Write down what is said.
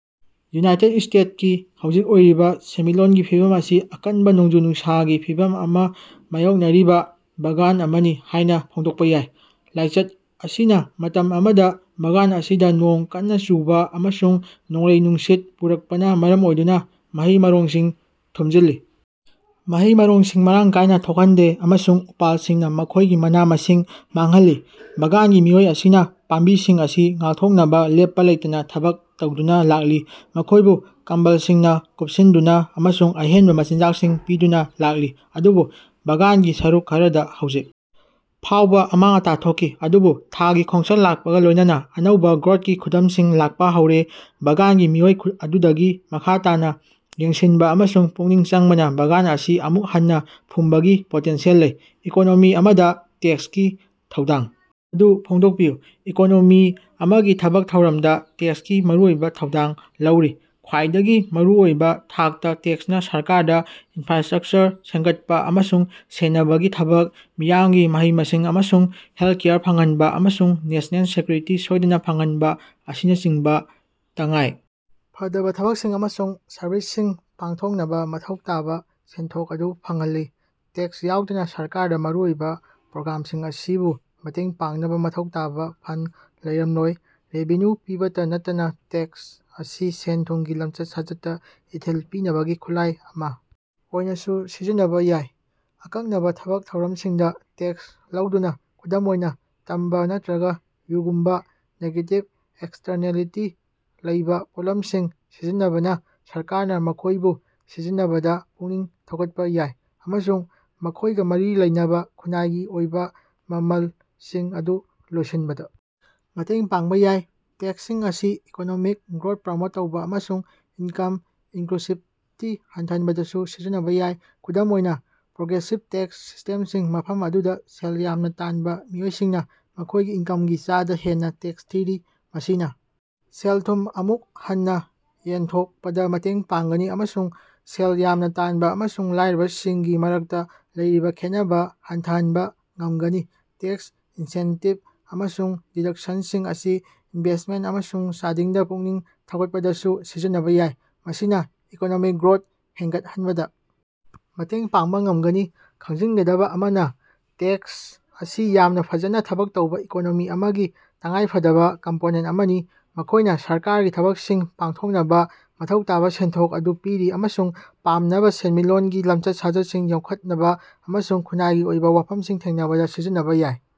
United ꯁ꯭ꯇꯦꯠꯁꯀꯤ ꯍꯧꯖꯤꯛ ꯑꯣꯏꯔꯤꯕꯥ ꯁꯦꯟꯃꯤꯠꯂꯣꯟꯒꯤ ꯐꯤꯚꯝ ꯑꯁꯤ ꯑꯀꯟꯕꯥ ꯅꯣꯡꯖꯨ-ꯅꯨꯡꯁꯥꯒꯤ ꯐꯤꯚꯝ ꯑꯃꯥ ꯃꯥꯌꯣꯛꯅꯔꯤꯕꯥ ꯕꯥꯒꯥꯟ ꯑꯃꯅꯤ ꯍꯥꯏꯅꯥ ꯐꯣꯡꯗꯣꯛꯄꯥ ꯌꯥꯏ꯫ ꯂꯥꯏꯆꯠ ꯑꯁꯤꯅꯥ ꯃꯇꯝ ꯑꯃꯗꯥ ꯕꯥꯒꯥꯟ ꯑꯁꯤꯗꯥ ꯅꯣꯡ ꯀꯟꯅꯥ ꯆꯨꯕꯥ ꯑꯃꯁꯨꯡ ꯅꯣꯡꯂꯩ-ꯅꯨꯡꯁꯤꯠ ꯄꯨꯔꯛꯄꯅꯥ ꯃꯔꯝ ꯑꯣꯏꯗꯨꯅꯥ ꯃꯍꯩ-ꯃꯔꯣꯡꯁꯤꯡ ꯊꯨꯝꯖꯤꯜꯂꯤ, ꯃꯍꯩ-ꯃꯔꯣꯡꯁꯤꯡ ꯃꯔꯥꯡ ꯀꯥꯏꯅꯥ ꯊꯣꯛꯍꯟꯗꯦ ꯑꯃꯁꯨꯡ ꯎꯄꯥꯜꯁꯤꯡꯅꯥ ꯃꯈꯣꯏꯒꯤ ꯃꯅꯥ-ꯃꯁꯤꯡ ꯃꯥꯡꯍꯜꯂꯤ꯫ ꯕꯥꯒꯥꯟꯒꯤ ꯃꯤꯑꯣꯏ ꯑꯁꯤꯅꯥ ꯄꯥꯝꯕꯤꯁꯤꯡ ꯑꯁꯤ ꯉꯥꯛꯊꯣꯛꯅꯕꯥ ꯂꯦꯞꯄꯥ ꯂꯩꯇꯅꯥ ꯊꯕꯛ ꯇꯧꯗꯨꯅꯥ ꯂꯥꯛꯂꯤ, ꯃꯈꯣꯏꯕꯨ ꯀꯝꯕꯜꯁꯤꯡꯅꯥ ꯀꯨꯄꯁꯤꯟꯗꯨꯅꯥ ꯑꯃꯁꯨꯡ ꯑꯍꯦꯟꯕꯥ ꯃꯆꯤꯟꯖꯥꯛꯁꯤꯡ ꯄꯤꯗꯨꯅꯥ ꯂꯥꯛꯂꯤ, ꯑꯗꯨꯕꯨ ꯕꯥꯒꯥꯟꯒꯤ ꯁꯔꯨꯛ ꯈꯔꯗꯥ ꯍꯧꯖꯤꯛ ꯐꯥꯎꯕꯥ ꯑꯃꯥꯡ-ꯑꯇꯥ ꯊꯣꯛꯈꯤ꯫ ꯑꯗꯨꯕꯨ ꯊꯥꯒꯤ ꯈꯣꯡꯆꯠ ꯂꯥꯛꯄꯒꯥ ꯂꯣꯏꯅꯅꯥ ꯑꯅꯧꯕꯥ ꯒ꯭ꯔꯣꯠꯀꯤ ꯈꯨꯗꯝꯁꯤꯡ ꯂꯥꯛꯄꯥ ꯍꯧꯔꯦ꯫ ꯕꯥꯒꯥꯟꯒꯤ ꯃꯤꯑꯣꯏ ꯑꯗꯨꯗꯒꯤ ꯃꯈꯥ ꯇꯥꯅꯥ ꯌꯦꯡꯁꯤꯟꯕꯥ ꯑꯃꯁꯨꯡ ꯄꯨꯛꯅꯤꯡ ꯆꯪꯕꯅꯥ ꯕꯥꯒꯥꯟ ꯑꯁꯤ ꯑꯃꯨꯛ ꯍꯟꯅꯥ ꯐꯨꯝꯕꯒꯤ ꯄꯣꯇꯦꯟꯁꯤꯌꯦꯜ ꯂꯩ꯫ ꯏꯀꯣꯅꯣꯃꯤ ꯑꯃꯗꯥ ꯇꯦꯛꯁꯀꯤ ꯊꯧꯗꯥꯡ ꯑꯗꯨ ꯐꯣꯡꯗꯣꯛꯄꯤꯌꯨ꯫ ꯏꯀꯣꯅꯣꯃꯤ ꯑꯃꯒꯤ ꯊꯕꯛ ꯊꯧꯔꯝꯗꯥ ꯇꯦꯛꯁꯀꯤ ꯃꯔꯨꯑꯣꯏꯕꯥ ꯊꯧꯗꯥꯡ ꯂꯧꯔꯤ꯫ ꯈ꯭ꯋꯥꯏꯗꯒꯤ ꯃꯔꯨ ꯑꯣꯏꯕꯥ ꯊꯥꯛꯇꯥ ꯇꯦꯛꯁꯅꯥ ꯁꯔꯀꯥꯔꯗꯥ ꯏꯟꯐ꯭ꯔꯥꯁꯇ꯭ꯔꯛꯆꯔ ꯁꯦꯝꯒꯠꯄꯥ ꯑꯃꯁꯨꯡ ꯁꯦꯟꯅꯕꯒꯤ ꯊꯕꯛ, ꯃꯤꯌꯥꯝꯒꯤ ꯃꯍꯩ-ꯃꯁꯤꯡ ꯑꯃꯁꯨꯡ ꯍꯦꯜꯀꯦꯌꯔ ꯐꯪꯍꯟꯕꯥ, ꯑꯃꯁꯨꯡ ꯅꯦꯁꯅꯦꯜ ꯁꯦꯀ꯭ꯌꯨꯔꯤꯇꯤ ꯁꯣꯏꯗꯅꯥ ꯐꯪꯍꯟꯕꯥ ꯑꯁꯤꯅꯆꯤꯡꯕꯥ ꯇꯉꯥꯏ ꯐꯗꯕꯥ ꯊꯕꯛꯁꯤꯡ ꯑꯃꯁꯨꯡ ꯁꯔꯕꯤꯁꯁꯤꯡ ꯄꯥꯡꯊꯣꯛꯅꯕꯥ ꯃꯊꯧ ꯇꯥꯕꯥ ꯁꯦꯟꯊꯣꯛ ꯑꯗꯨ ꯐꯪꯍꯜꯂꯤ꯫ ꯇꯦꯛꯁ ꯌꯥꯎꯗꯅꯥ ꯁꯔꯀꯥꯔꯗꯥ ꯃꯔꯨꯑꯣꯏꯕꯥ ꯄ꯭ꯔꯣꯒ꯭ꯔꯥꯝꯁꯤꯡ ꯑꯁꯤꯕꯨ ꯃꯇꯦꯡ ꯄꯥꯡꯅꯕꯥ ꯃꯊꯧ ꯇꯥꯕꯥ ꯐꯟꯗ ꯂꯩꯔꯝꯂꯣꯏ꯫ ꯔꯦꯚꯤꯅ꯭ꯌꯨ ꯄꯤꯕꯇꯥ ꯅꯠꯇꯅꯥ ꯇꯦꯛꯁ ꯑꯁꯤ ꯁꯦꯟ-ꯊꯨꯝꯒꯤ ꯂꯝꯆꯠ-ꯁꯥꯖꯠꯇꯥ ꯏꯊꯤꯜ ꯄꯤꯅꯕꯒꯤ ꯈꯨꯠꯂꯥꯏ ꯑꯃꯥ ꯑꯣꯏꯅꯥꯁꯨ ꯁꯤꯖꯤꯟꯅꯕꯥ ꯌꯥꯏ꯫ ꯑꯀꯛꯅꯕꯥ ꯊꯕꯛ ꯊꯧꯔꯝꯁꯤꯡꯗꯥ ꯇꯦꯛꯁ ꯂꯧꯗꯨꯅꯥ, ꯈꯨꯗꯝ ꯑꯣꯏꯅꯥ ꯇꯝꯕꯥ ꯅꯠꯇ꯭ꯔꯒꯥ ꯌꯨꯒꯨꯝꯕꯥ ꯅꯦꯒꯦꯇꯤꯕ ꯑꯦꯛꯁꯇꯔꯅꯦꯂꯤꯇꯤ ꯂꯩꯕꯥ ꯄꯣꯠꯂꯝꯁꯤꯡ ꯁꯤꯖꯤꯟꯅꯕꯅꯥ ꯁꯔꯀꯥꯔꯅꯥ ꯃꯈꯣꯏꯕꯨ ꯁꯤꯖꯤꯟꯅꯕꯗꯥ ꯄꯨꯛꯅꯤꯡ ꯊꯧꯒꯠꯄꯥ ꯌꯥꯏ ꯑꯃꯁꯨꯡ ꯃꯈꯣꯏꯒꯥ ꯃꯔꯤ ꯂꯩꯅꯕꯥ ꯈꯨꯟꯅꯥꯏꯒꯤ ꯑꯣꯏꯕꯥ ꯃꯃꯜꯁꯤꯡ ꯑꯗꯨ ꯂꯣꯏꯁꯤꯟꯕꯗꯥ ꯃꯇꯦꯡ ꯄꯥꯡꯕꯥ ꯌꯥꯏ꯫ ꯇꯦꯛꯁꯁꯤꯡ ꯑꯁꯤ ꯏꯀꯣꯅꯣꯃꯤꯛ ꯒ꯭ꯔꯣꯠ ꯄ꯭ꯔꯃꯣꯠ ꯇꯧꯕꯥ ꯑꯃꯁꯨꯡ ꯏꯟꯀꯝ ꯏꯟꯀ꯭ꯂꯨꯁꯤꯕꯇꯤ ꯍꯟꯊꯍꯟꯕꯗꯁꯨ ꯁꯤꯖꯤꯟꯅꯕꯥ ꯌꯥꯏ꯫ ꯈꯨꯗꯝ ꯑꯣꯏꯅꯥ, ꯄ꯭ꯔꯣꯒ꯭ꯔꯦꯁꯤꯞ ꯇꯦꯛꯁ ꯁꯤꯁꯇꯦꯝꯁꯤꯡ, ꯃꯐꯝ ꯑꯗꯨꯗꯥ ꯁꯦꯜ ꯌꯥꯝꯅꯥ ꯇꯥꯟꯕꯥ ꯃꯤꯑꯣꯏꯁꯤꯡꯅꯥ ꯃꯈꯣꯏꯒꯤ ꯏꯟꯀꯃꯒꯤ ꯆꯥꯗꯥ ꯍꯦꯟꯅꯥ ꯇꯦꯛꯁ ꯊꯤꯔꯤ, ꯃꯁꯤꯅꯥ ꯁꯦꯜ-ꯊꯨꯝ ꯑꯃꯨꯛ ꯍꯟꯅꯥ ꯌꯦꯟꯊꯣꯛꯄꯗꯥ ꯃꯇꯦꯡ ꯄꯥꯡꯒꯅꯤ ꯑꯃꯁꯨꯡ ꯁꯦꯜ ꯌꯥꯝꯅꯥ ꯇꯥꯟꯕꯥ ꯑꯃꯁꯨꯡ ꯂꯥꯏꯔꯕꯁꯤꯡꯒꯤ ꯃꯔꯛꯇꯥ ꯂꯩꯔꯤꯕꯥ ꯈꯦꯠꯅꯕꯥ ꯍꯟꯊꯍꯟꯕꯥ ꯉꯝꯒꯅꯤ꯫ ꯇꯦꯛꯁ ꯏꯟꯁꯦꯟꯇꯤꯞ ꯑꯃꯁꯨꯡ ꯗꯤꯗꯛꯁꯟꯁꯤꯡ ꯑꯁꯤ ꯏꯅꯚꯦꯁꯃꯦꯟꯇ ꯑꯃꯁꯨꯡ ꯆꯥꯗꯤꯡꯗꯥ ꯄꯨꯛꯅꯤꯡ ꯊꯧꯒꯠꯄꯗꯁꯨ ꯁꯤꯖꯤꯟꯅꯕꯥ ꯌꯥꯏ, ꯃꯁꯤꯅꯥ ꯏꯀꯣꯅꯣꯃꯤꯛ ꯒ꯭ꯔꯣꯠ ꯍꯦꯟꯒꯠꯍꯟꯕꯗꯥ ꯃꯇꯦꯡ ꯄꯥꯡꯕꯥ ꯉꯝꯒꯅꯤ꯫ ꯈꯪꯖꯤꯟꯒꯗꯕꯥ ꯑꯃꯅꯥ, ꯇꯦꯛꯁ ꯑꯁꯤ ꯌꯥꯝꯅꯥ ꯐꯖꯅꯥ ꯊꯕꯛ ꯇꯧꯕꯥ ꯏꯀꯣꯅꯣꯃꯤ ꯑꯃꯒꯤ ꯇꯉꯥꯏꯐꯗꯕꯥ ꯀꯝꯄꯣꯅꯦꯟꯇ ꯑꯃꯅꯤ꯫ ꯃꯈꯣꯏꯅꯥ ꯁꯔꯀꯥꯔꯒꯤ ꯊꯕꯛꯁꯤꯡ ꯄꯥꯡꯊꯣꯛꯅꯕꯥ ꯃꯊꯧ ꯇꯥꯕꯥ ꯁꯦꯟꯊꯣꯛ ꯑꯗꯨ ꯄꯤꯔꯤ ꯑꯃꯁꯨꯡ ꯄꯥꯝꯅꯕꯥ ꯁꯦꯟꯃꯤꯠꯂꯣꯟꯒꯤ ꯂꯝꯆꯠ-ꯁꯥꯖꯠꯁꯤꯡ ꯌꯣꯛꯈꯠꯅꯕꯥ ꯑꯃꯁꯨꯡ ꯈꯨꯟꯅꯥꯏꯒꯤ ꯑꯣꯏꯕꯥ ꯋꯥꯐꯝꯁꯤꯡ ꯊꯦꯡꯅꯕꯗꯥ ꯁꯤꯖꯤꯟꯅꯕꯥ ꯌꯥꯏ꯫